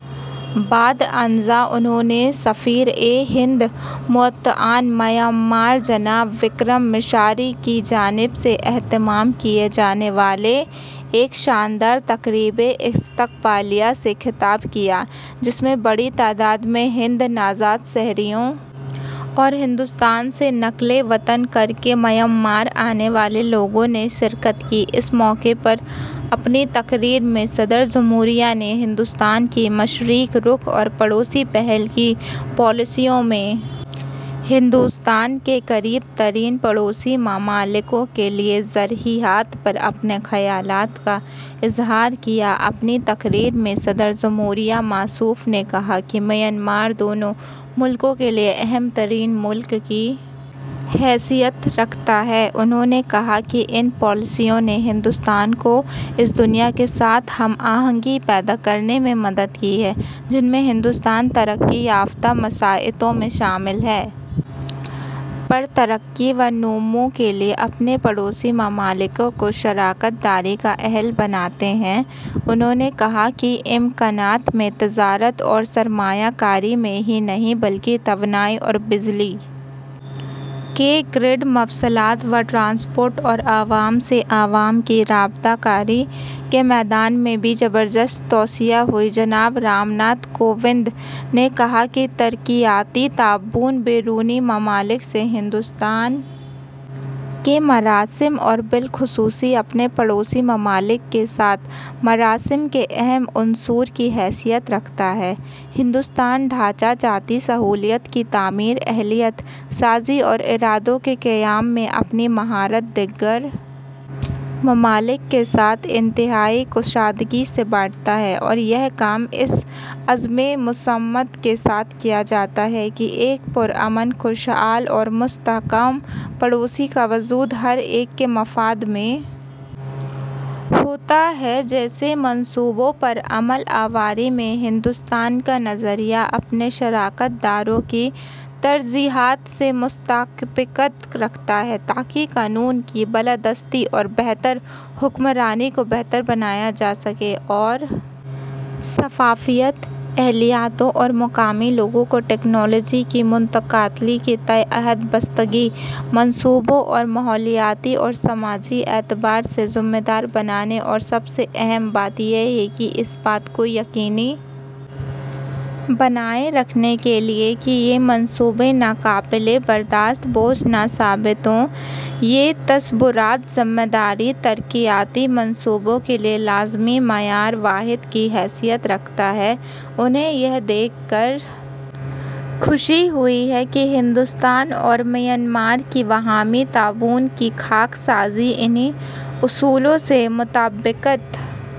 بعد ازاں انہوں نے سفیر ہند متعینہ میانمار جناب وکرم مسری کی جانب سے اہتمام کیے جانے والے ایک شاندار تقریب استقبالیہ سے خطاب کیا جس میں بڑی تعداد میں ہند نژاد شہریوں اور ہندوستان سے نقل وطن کر کے میانمار آنے والے لوگوں نے شرکت کی اس موقع پر اپنی تقریر میں صدر جمہوریہ نے ہندوستان کی مشرق رخ اور پڑوسی پہلے کی پالیسیوں میں ہندوستان کے قریب ترین پڑوسی ممالک کے لیے ترجیحات پر اپنے خیالات کا اظہار کیا اپنی تقریر میں صدر جمہوریہ موصوف نے کہا کہ میانمار دونوں ملکوں کے لیے اہم ترین ملک کی حیثیت رکھتا ہے انہوں نے کہا کہ ان پالیسیوں نے ہندوستان کو اس دنیا کے ساتھ ہم آہنگی پیدا کرنے میں مدد کی ہے جن میں ہندوستان ترقی یافتہ معیشتوں میں شامل ہے اور ترقی و نمو کے لیے اپنے پڑوسی ممالک کو شراکت داری کا اہل بناتے ہیں انہوں نے کہا کہ امکانات میں تجارت اور سرمایہ کاری میں ہی نہیں بلکہ توانائی اور بجلی کے گرڈ مواصلات و ٹرانسپورٹ اور عوام سے عوام کی رابطہ کاری کے میدان میں بھی زبردست توسیع ہوئی ہے جناب رام ناتھ کووند نے کہا کہ ترقیاتی تعاون بیرونی ممالک سے ہندوستان کے مراسم اور بالخصوص اپنے پڑوسی ممالک کے ساتھ مراسم کے اہم عنصر کی حیثیت رکھتا ہے ہندوستان ڈھانچہ جاتی سہولیات کی تعمیر اہلیت سازی اور اداروں کے قیام میں اپنی مہارت دیگر ممالک کے ساتھ انتہائی کشادگی سے بانٹتا ہے اور یہ کام اس عزم مصمم کے ساتھ کیا جاتا ہے کہ ایک پرامن خوشحال اور مستحکم پڑوسی کا وجود ہر ایک کے مفاد میں ہوتا ہے ایسے منصوبوں پر عمل آوری میں ہندوستان کا نظریہ اپنے شراکت داروں کی ترجیحات سے مطابقت رکھتا ہے تاکہ قانون کی بالادستی اور بہتر حکمرانی کو بہتر بنایا جا سکے اور شفافیت اہلیتوں اور مقامی لوگوں ٹیکنالوجی کی منتقلی کے تئیں عہد بستگی منصوبوں کو ماحولیاتی اور سماجی اعتبار سے ذمہ دار بنانے اور سب سے اہم بات یہ کہ اس بات کو یقینی بنائے رکھنے کے لیے کہ یہ منصوبے ناقابل برداشت بوجھ نہ ثابت ہوں یہ تصورات ذمہ دار ترقیاتی منصوبوں کے لیے لازمی معیار واحد کی حیثیت رکھتا ہے اور انہیں یہ دیکھ کر خوشی ہوئی ہے کہ ہندوستان اور میانمار کے باہمی تعاون کی خاکہ سازی انہی اصولوں سے مطابقت